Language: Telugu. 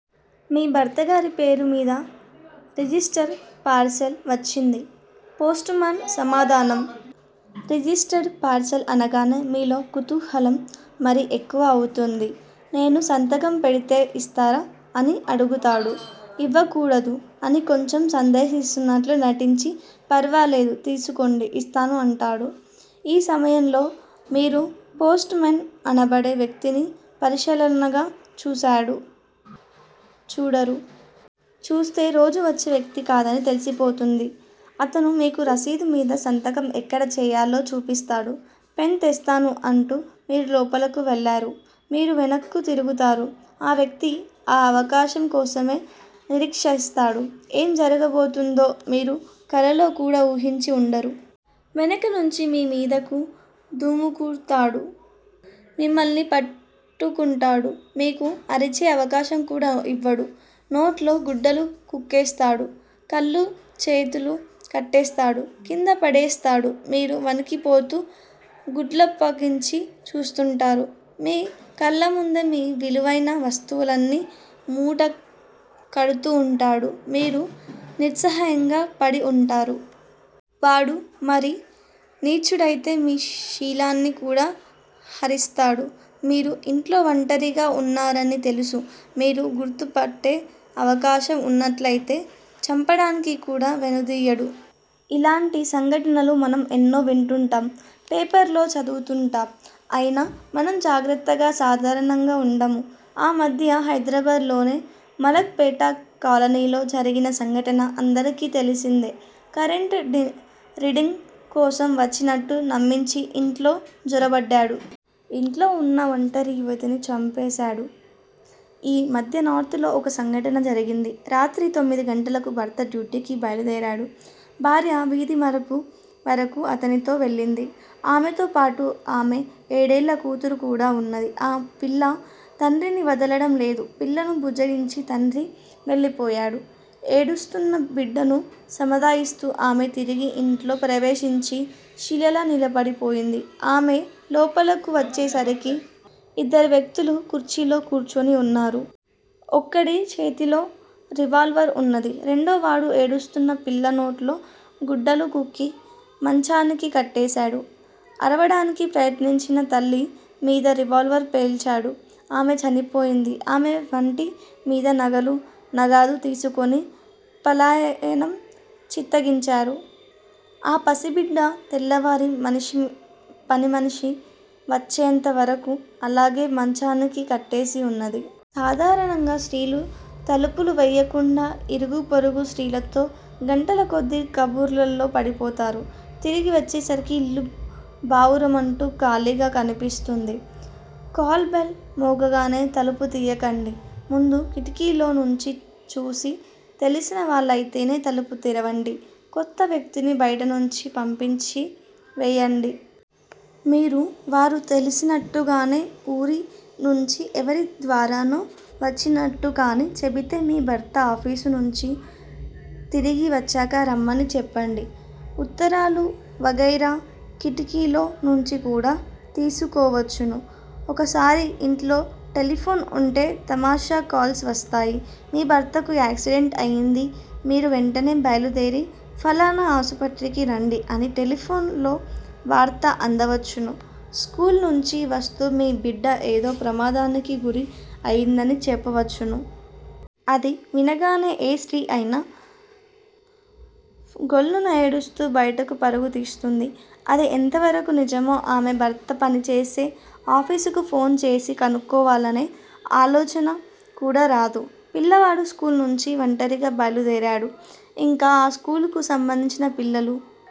మీ భర్తగారి పేరు మీద రిజిస్టర్ పార్సిల్ వచ్చింది. పోస్టుమాన్ సమాధానం. రిజిస్టర్డ్ పార్సిల్ అనగానే మీలో కుతూహలం మరీ ఎక్కువ అవుతుంది. నేను సంతకం పెడితే ఇస్తారా? అని అడుగుతాడు. ఇవ్వకూడదు. అని కొంచెం సందేహిస్తున్నట్లు నటించి ఫర్వాలేదు తీసుకోండి ఇస్తాను అంటాడు. ఈ సమయంలో మీరు పోస్ట్ మెన్ అనబడే వ్యక్తిని పరిశీలనగా చూడరు. చూస్తే రోజూ వచ్చే వ్యక్తికాదని తెలిసిపోతుంది. అతను మీకు రసీదు మీద సంతకం ఎక్కడ చెయ్యాలో చూపిస్తాడు. పెన్ తెస్తాను అంటూ మీరు లోపలకు వెళ్ళారు. మీరు వెనక్కు తిరుగుతారు. ఆ వ్యక్తి ఆ అవకాశం కోసమే నిరీక్షిస్తాడు ఏం జరుగబోతోందో మీరు కలలో కూడా వూహించి ఉండరు. వెనక నుంచి మీ మీదకు దుముకుతాడు మిమ్మల్ని పట్టుకుంటాడు. మీకు అరిచే అవకాశం కూడా ఇవ్వడు. నోట్లో గుడ్డలు కుక్కేస్తాడు కాళ్ళూ చేతులూ కట్టేస్తాడు కింద పడేస్తాడు మీరు వణికిపోతూ, గుడ్లప్పగించి చూస్తుంటారు. మీ కళ్ళముందే మీ విలువైన వస్తువులన్నీ మూట కడ్తూ ఉంటాడు. మీరు నిస్సహాయంగా పడి ఉంటారు. వాడు మరీ నీచుడైతే మీ శీలాన్ని కూడా హరిస్తాడు మీరు ఇంట్లో వంటరిగా ఉన్నారని తెలుసు మీరు గుర్తుపట్టే అవకాశం ఉన్నట్లయితే చంపడానికి కూడా వెనుదీయడు. ఇలాంటి సంఘటనలు మనం ఎన్నో వింటుంటాం. పేపర్ లో చదువుతుంటాం అయినా మనం జాగ్రత్తగా సాధారణంగా ఉండము. ఆ మధ్య హైదరాబాద్ లోని మలక్ పేట కాలనీలో జరిగిన సంఘటన అందరికీ తెలిసిందే కరెంటు రీడింగ్ కోసం వచ్చినట్లు నమ్మించి ఇంట్లో జొరబడ్డాడు. ఇంట్లో ఉన్న ఒంటరి యువతిని చంపేశాడు. ఈ మధ్య నార్తులో ఒక సంఘటన జరిగింది. రాత్రి తొమ్మిది గంటలకు భర్త డ్యూటీకి బయలుదేరాడు. భార్య వీధి మలుపు వరకూ అతనితో వెళ్ళింది ఆమెతోపాటు ఆమె ఏడేళ్ల కూతురు కూడా ఉన్నది ఆ పిల్ల తండ్రిని వదలడంలేదు పిల్లను బుజ్జగించి తండ్రి వెళ్ళిపోయాడు ఏడుస్తున్న బిడ్డను సముదాయిస్తూ ఆమె తిరిగి ఇంట్లో ప్రవేశించి శిలలా నిలబడిపోయింది ఆమె లోపలకు వచ్చేసరికి ఇద్దరు వ్యక్తులు కుర్చీలలో కూర్చుని ఉన్నారు. ఒకడి చేతిలో రివాల్వర్ ఉన్నది. రెండోవాడు ఏడుస్తున్న పిల్లనోట్లో గుడ్డలు కుక్కి మంచానికి కట్టేశాడు. అరవడానికి ప్రయత్నించిన తల్లి మీద రివాల్వర్ పేల్చాడు ఆమె చనిపోయింది ఆమె వంటి మీద నగలూ, నగదు తీసుకొని పలాయనం చిత్తగించారు. ఆ పసిబిడ్డ తెల్లవారి పనిమనిషి వచ్చేంత వరకూ అలాగే మంచానికి కట్టేసి ఉన్నది. సాధారణంగా స్త్రీలు తలుపులు వెయ్యకుండా ఇరుగుపొరుగు స్త్రీలతో గంటలకొద్దీ కబుర్లలో పడిపోతారు. తిరిగి వచ్చేసరికి ఇల్లు బావురుమంటూ ఖాళీగా కనిపిస్తుంది. కాల్ బెల్ మోగగానే తలుపు తియ్యకండి. ముందు కిటికీలో నుంచి చూసి తెలిసిన వాళ్ళయితేనే తలుపు తెరవండి. కొత్త వ్యక్తిని బయటనుంచి పంపించి వెయ్యండి. మీరు వారు తెలిసినట్లుగానీ, వూరి నుంచి ఎవరి ద్వారానో వచ్చినట్టు కాని చెబితే మీ భర్త ఆఫీసు నుంచి తిరిగి వచ్చాక రమ్మని చెప్పండి. ఉత్తరాలూ వగైరా కిటికీలో నుంచి కూడా తీసుకోవచ్చును. ఒకసారి ఇంట్లో టెలిఫోన్ ఉంటే తమాషా కాల్స్ వస్తాయి. మీ భర్తకు యాక్సిడెంట్ అయింది మీరు వెంటనే బయలుదేరి ఫలానా ఆసుపత్రికి రండి అని టెలిఫోన్ లో వార్త అందవచ్చును స్కూలు నుంచి వస్తూ మీ బిడ్డ ఏదో ప్రమాదానికి గురి అయిందని చెప్పవచ్చును. అది వినగానే ఏ స్త్రీ అయినా ఘొల్లున ఏడుస్తూ బయటకు పరుగు తీస్తుంది. అది ఎంతవరకు నిజమో ఆమె భర్త పనిచేసే ఆఫీసుకు ఫోన్ చేసి కనుక్కోవాలనే ఆలోచన కూడా రాదు. పిల్లవాడు స్కూలు నుంచి ఒంటరిగా బయలుదేరాడు. ఇంకా ఆ స్కూలుకు సంబంధించిన పిల్లలు